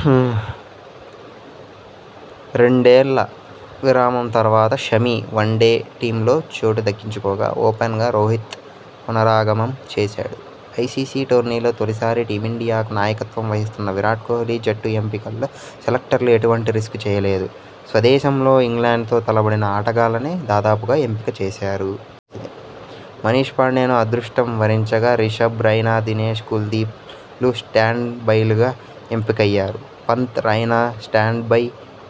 హమ్ రెండేళ్ల విరామం తర్వాత షమి.. వన్డే టీమ్లో చోటు దక్కించుకోగా.. ఓపెన్ గారోహిత్ పునరాగమం చేశాడు. ఐసీసీ టోర్నీలో తొలిసారి టీమిండియాకు నాయకత్వం వహిస్తున్న విరాట్ కోహ్లీ జట్టు ఎంపికలో సెలెక్టర్లు ఎటువంటి రిస్క్ చేయలేదు. స్వదేశంలో ఇంగ్లండ్తో తలపడిన ఆటగాళ్లనే దాదాపుగా ఎంపిక చేశారు. మనీష్ పాండేను అదృష్టం వరించగా.. రిషభ్, రైనా, దినేష్, కుల్దీప్ లు స్టాండ్ బైలుగా ఎంపికయ్యారు. పంత్, రైనా స్టాండ్ బై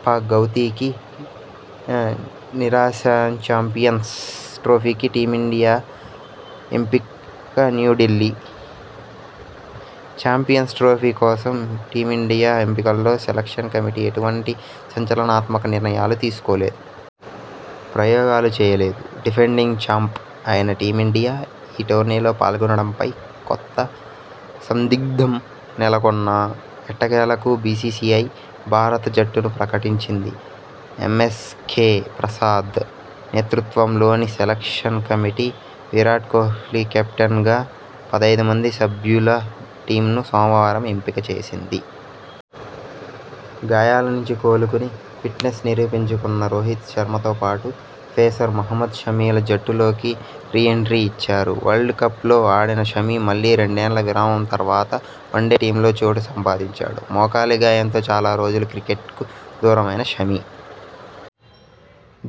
ఫ గౌతీకి నిరాశచాంపియన్స్ ట్రోఫీకి టీమిండియా ఎంపికన్యూఢిల్లీ: చాంపియన్స్ ట్రోఫీ కోసం టీమిండియా ఎంపికలో సెలెక్షన్ కమిటీ ఎటువంటి సంచలనాత్మక నిర్ణయాలు తీసుకోలేదు.. ప్రయోగాలూ చేయలేదు. డిఫెండింగ్ చాంప్ అయిన టీమిండియా.. ఈ టోర్నీలో పాల్గొనడంపై కొత్త సందిగ్ధం నెలకొన్నా ఎట్టకేలకు బీసీసీఐ భారత జట్టును ప్రకటించింది. ఎమ్మెస్కే ప్రసాద్ నేతృత్వంలోని సెలెక్షన్ కమిటీ విరాట్ కోహ్లీ కెప్టెన్గా పద హైదు మంది సభ్యు ల టీమ్ను సోమవారం ఎంపిక చేసింది. గాయాల నుంచి కోలుకుని ఫిట్నెస్ నిరూపించుకున్న రోహిత్ శర్మతోపాటు పేసర్ మహమ్మద్ షమిల జట్టులోకి రీ ఎంట్రీ ఇచ్చారు. వరల్డ్ కప్లో ఆడిన షమి.. మళ్లీ రెండేళ్ల విరామం తర్వాత వన్డే టీమ్లో చోటు సంపాదించాడు. మోకాలి గాయంతో చాలా రోజులు క్రికెట్కు దూరమైన షమి..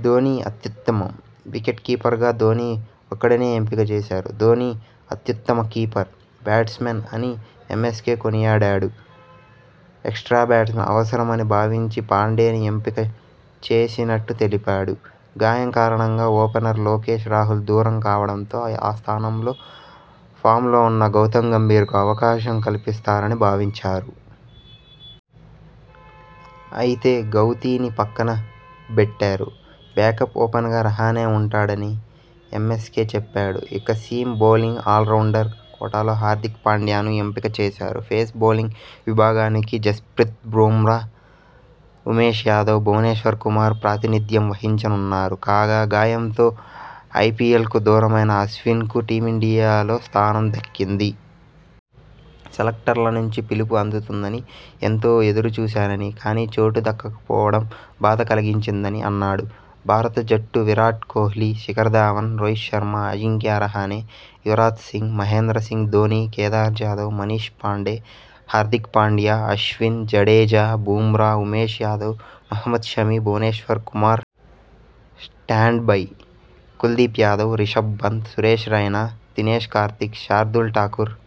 ధోనీ అత్యుత్తమం.. వికెట్ కీపర్గా ధోనీ ఒక్కడినే ఎంపిక చేశారు. ధోనీ అత్యుత్తమ కీపర్, బ్యాట్స్మన్ అని ఎమ్మెస్కే కొనియాడాడు. ఎక్స్ట్రా బ్యాట్స్మన్ అవసరమని భావించి పాండేను ఎంపిక చేసినట్టు తెలిపాడు. గాయం కారణంగా ఓపెనర్ లోకేష్ రాహుల్ దూరం కావడంతో ఆ స్థానంలో ఫామ్లో ఉన్న గౌతమ్ గంభీర్కు అవకాశం కల్పిస్తారని భావించారు. అయితే గౌతీని పక్కన బెట్టారు. బ్యాకప్ ఓపెన్గా రహానె ఉంటాడని ఎమ్మెస్కే చెప్పాడు. ఇక సీమ్ బౌలింగ్ ఆల్రౌండర్ కోటాలో హార్దిక్ పాండ్యాను ఎంపిక చేశారు పేస్ బౌలింగ్ విభాగానికి జస్ప్రీత బుమ్రా, ఉమేష్ యాదవ్, భువనేశ్వర్ కుమార్ ప్రాతినిధ్యం వహించనున్నారు. కాగా, గాయంతో ఐపీఎల్కు దూరమైన అశ్విన్కు టీమిండియాలో స్థానం దక్కింది. సెలెక్టర్ల నుంచి పిలుపు అందుతుందని ఎంతో ఎదురు చూశానని.. కానీ చోటు దక్కకపోవడం బాధ కలిగించిందని అన్నాడు. భారత జట్టువిరాట్ కోహ్లీ, శిఖర్ ధవన్, రోహిత్ శర్మ, అజింక్యా రహానె, యువరాజ్ సింగ్, మహేంద్ర సింగ్ ధోనీ, కేదార్ జాదవ్, మనీష్ పాండే, హార్దిక్ పాండ్యా, అశ్విన్, జడేజా, బుమ్రా, ఉమేష్ యాదవ్, మహమ్మద్ షమి, భువనేశ్వర్ కుమార్. Stand by: Kuldeep Yadav, Rishabh Pant, Suresh Raina, Dinesh Karthik, Shardul Thakur.